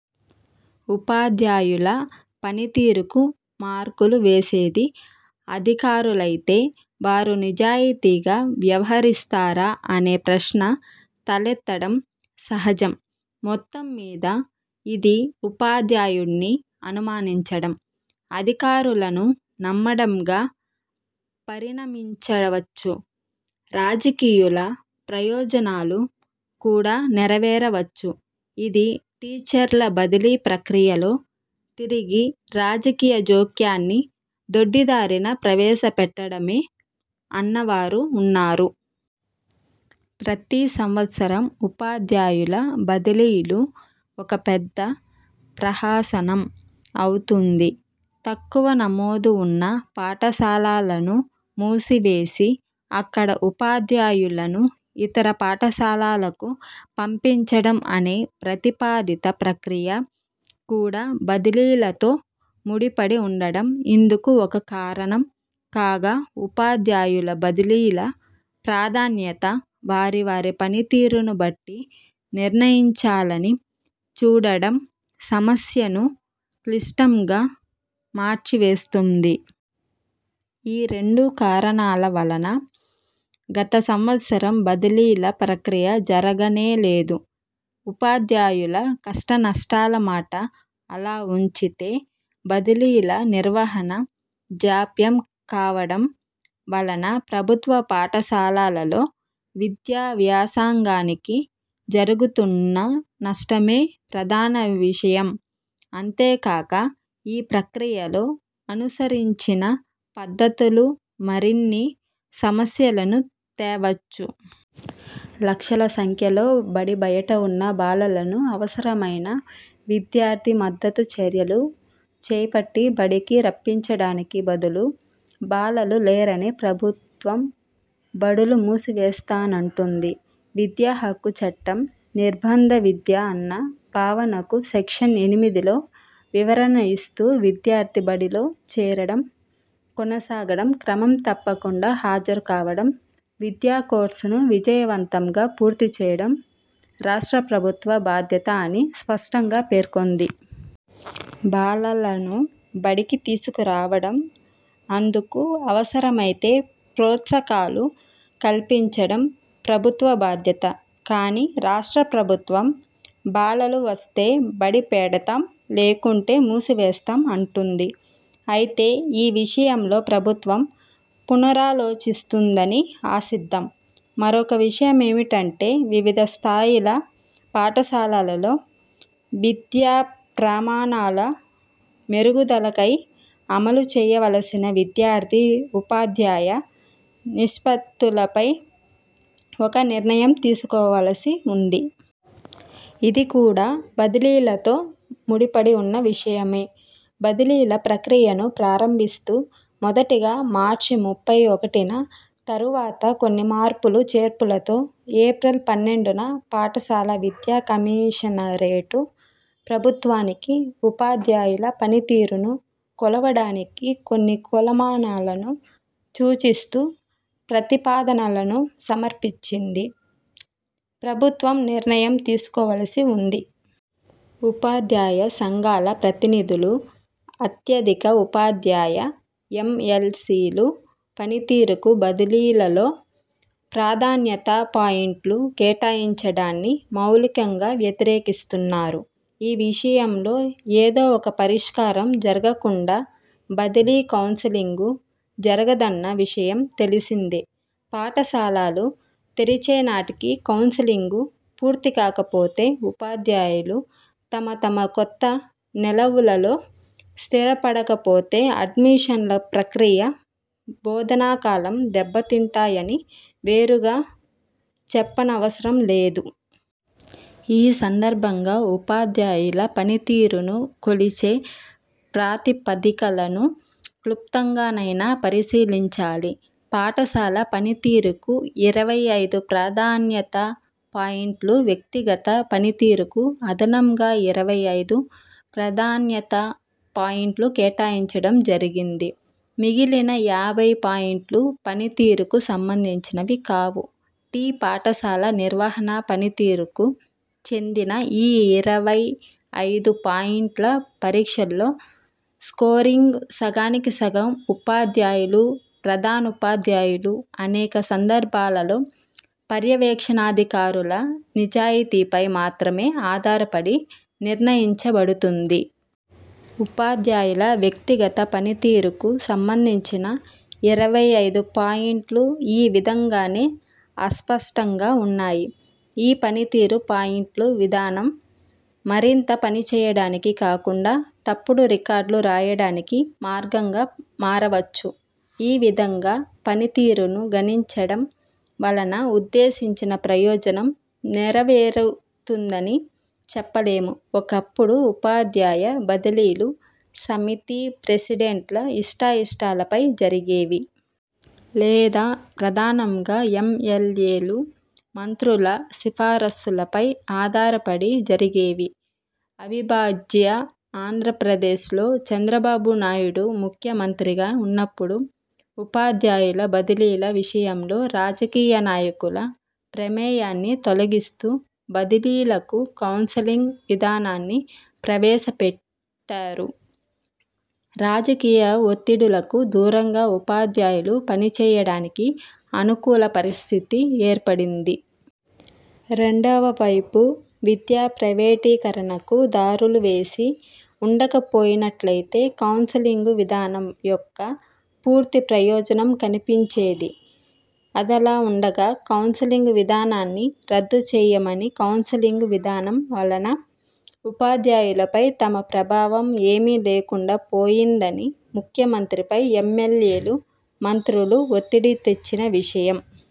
ఉపాధ్యాయుల పనితీరుకు మార్కులు వేసేది అధికారులైతే వారు నిజాయితీగా వ్యవహరిస్తారా అనే ప్రశ్న తలెత్తడం సహజం. మొత్తం మీద ఇది ఉపాధ్యాయుడ్ని అనుమానించడం, అధికారులను నమ్మడంగా పరిణమించవచ్చు. రాజకీయుల ప్రయోజనాలు కూడా నెరవేరవచ్చు. ఇది టీచర్ల బదిలీ ప్రక్రియలో తిరిగి రాజకీయ జోక్యాన్ని దొడ్డిదారిన ప్రవేశపెట్టడమే అన్నవారూ ఉన్నారు. ప్రతి సంవత్సరం ఉపాధ్యాయుల బదిలీలు ఒక పెద్ద ప్రహసనం అవుతుంది. తక్కువ నమోదు ఉన్న పాఠశాలలను మూసివేసి అక్కడ ఉపాధ్యాయులను ఇతర పాఠశాలలకు పంపించడం అనే ప్రతిపాదిత ప్రక్రియ కూడా బదిలీలతో ముడిపడి ఉండడం ఇందుకు ఒక కారణం కాగా ఉపాధ్యాయుల బదిలీల ప్రాధాన్యత వారి వారి పనితీరును బట్టి నిర్ణయించాలని చూడడం సమస్యను క్లిష్టంగా మార్చివేస్తూంది. ఈ రెండు కారణాల వలన గత సంవత్సరం బదిలీల ప్రక్రియ జరగనేలేదు. ఉపాధ్యాయుల కష్టనష్టాల మాట అలా ఉంచితే బదిలీల నిర్వహణ జాప్యం కావడం వలన ప్రభుత్వ పాఠశాలలలో విద్యా వ్యాసాంగానికి జరుగుత్ను నష్టమే ప్రధాన విషయం. అంతేకాక, ఈ ప్రక్రియలో అనుసరించిన పద్ధతులు మరిన్ని సమస్యలను తేవచ్చు. లక్షల సంఖ్యలో బడి బయట ఉన్న బాలలను అవసరమైన విద్యార్థి మద్దతు చర్యలు చేపట్టి బడికి రప్పించడానికి బదులు బాలలు లేరని ప్రభుత్వం బడులు మూసివేస్తానంటుంది. 'విద్యాహక్కు చట్టం' నిర్బంధ విద్య అన్న భావనకు సెక్షన్ ఎనిమిదిలో వివరణ ఇస్తూ 'విద్యార్థి బడిలో చేరడం, కొనసాగడం, క్రమం తప్పకుండా హాజరు కావడం, విద్యా కోర్సును విజయవంతంగా పూర్తి చేయడం రాష్ట్ర ప్రభుత్వ బాధ్యత' అని స్పష్టంగా పేర్కొంది. బాలలను బడికి తీసుకురావడం, అందుకు అవసరమైతే ప్రోత్సకాలు కల్పించడం ప్రభుత్వ బాధ్యత. కాని, రాష్ట్ర ప్రభుత్వం బాలలు వస్తే బడిపెడతాం లేకుంటే మూసివేస్తాం అంటుంది. అయితే ఈ విషయంలో ప్రభుత్వం పునరాలోచిస్తుందని ఆశిద్దాం. మరొక విషయమేమంటే వివిధ స్థాయిల పాఠశాలలలో విద్యా ప్రమాణాల మెరుగుదలకై అమలు చేయవలసిన విద్యార్థి, ఉపాధ్యాయ నిష్పత్తులపై ఒక నిర్ణయం తీసుకోవలసి ఉంది. ఇది కూడా బదిలీలతో ముడిపడి ఉన్న విషయమే. బదిలీల ప్రక్రియను ప్రారంభిస్తూ మొదటిగా మార్చి ముప్పై ఒకటిన, తరువాత కొన్ని మార్పులు చేర్పులతో ఏప్రిల్ పన్నెండున పాఠశాల విద్యా కమీషనరేటు ప్రభుత్వానికి ఉపాధ్యాయుల పనితీరును కొలవడానికి కొన్ని కొలమానాలను చూచిస్తూ ప్రతిపాదనలను సమర్పించింది. ప్రభుత్వం నిర్ణయం తీసుకోవలసి ఉంది. ఉపాధ్యాయ సంఘాల ప్రతినిధులు, అత్యధిక ఉపాధ్యాయ యం. యల్. సి లు పనితీరుకు బదిలీలలో ప్రాధాన్యతా పాయింట్లు కేటాయించడాన్ని మౌలికంగా వ్యతిరేకిస్తూన్నారు. ఈ విషయంలో ఏదో ఒక పరిష్కారం జరగకుండా బదిలీ కౌన్సిలింగు జరగదన్న విషయం తెలిసిందే. పాఠశాలలు తెరిచేనాటికి కౌన్సిలింగు పూర్తికాకపోతే, ఉపాధ్యాయులు తమ తమ కొత్త నెలవులలో స్థిరపడకపోతే అడ్మిషన్ల ప్రక్రియ, బోధనాకాలం దెబ్బతింటాయని వేరుగా చెప్పనవసరంలేదు. ఈ సందర్భంగా ఉపాధ్యాయుల పనితీరును కొలిచే ప్రాతిపదికలను క్లుప్తంగానైనా పరిశీలించాలి. పాఠశాల పనితీరుకు ఇరవై ఐదు ప్రాధాన్యతా పాయింట్లు, వ్యక్తిగత పనితీరుకు అదనంగా ఇరవై ఐదు ప్రాధాన్యతా పాయింట్లు కేటాయించడం జరిగింది. మిగిలిన యాభై పాయింట్లు పనితీరుకు సంబంధించినవి కావు. టి. పాఠశాల నిర్వహణ పనితీరుకు చెందిన ఈ ఇరవై ఐదు పాయింట్ల పరీక్షలో స్కోరింగ్ సగానికి సగం ఉపాధ్యాయులు, ప్రధానోపాధ్యాయులు, అనేక సందర్భాలలో పర్యవేక్షణాధికారుల నిజాయితీపై మాత్రమే ఆధారపడి నిర్ణయంచబడుతుంది. ఉపాధ్యాయుల వ్యక్తిగత పనితీరుకు సంబంధించిన ఇరవై ఐదు పాయింట్లు ఈ విధంగానే అస్పష్టంగా ఉన్నాయి. ఈ పనితీరు పాయింట్లు విధానం మరింత పనిచేయడానికి కాకుండా తప్పుడు రికార్డులు రాయడానికి మార్గంగా మారవచ్చు. ఈ విధంగా పనితీరును గణించడం వలన ఉద్దేశించిన ప్రయోజనం నెరవేరుతుందని చెప్పలేము. ఒకప్పుడు ఉపాధ్యాయ బదిలీలు సమితి ప్రెసిడెంట్ల ఇష్టాయిష్టాలపై జరిగేవి. లేదా ప్రధానంగా యం. యల్. ఎలు, మంత్రుల సిఫారసులపై ఆధారపడి జరిగేవి. అవిభాజ్య ఆంధ్ర ప్రదేశ్లో చంద్రబాబు నాయుడు ముఖ్య మంత్రిగా ఉన్నప్పుడు ఉపాధ్యాయుల బదిలీల విషయంలో రాజకీయ నాయకుల ప్రమేయాన్ని తొలగిస్తూ బదిలీలకు కౌన్సిలింగ్ విధానాన్ని ప్రవేశపెట్టారు. రాజకీయ ఒత్తిడులకు దూరంగా ఉపాధ్యాయులు పనిచేయడానికి అనుకూల పరిస్థితి ఏర్పడింది. రెండవ వైపు విద్య ప్రైవేటీకరణకు దారులువేసి ఉండకపోయినట్లైతే కౌన్సిలింగు విధానం యొక్క పూర్తి ప్రయోజనం కనిపించేది. అదలా ఉండగా కౌన్సిలింగు విధానాన్ని రద్దుచేయమని, కౌన్సిలింగు విధానం వలన ఉపాధ్యాయులపై తమ ప్రభావం ఏమీ లేకుండా పోయిందని ముఖ్యమంత్రిపై యం. యల్. ఎలు, మంత్రులు ఒత్తిడి తెచ్చిన విషయం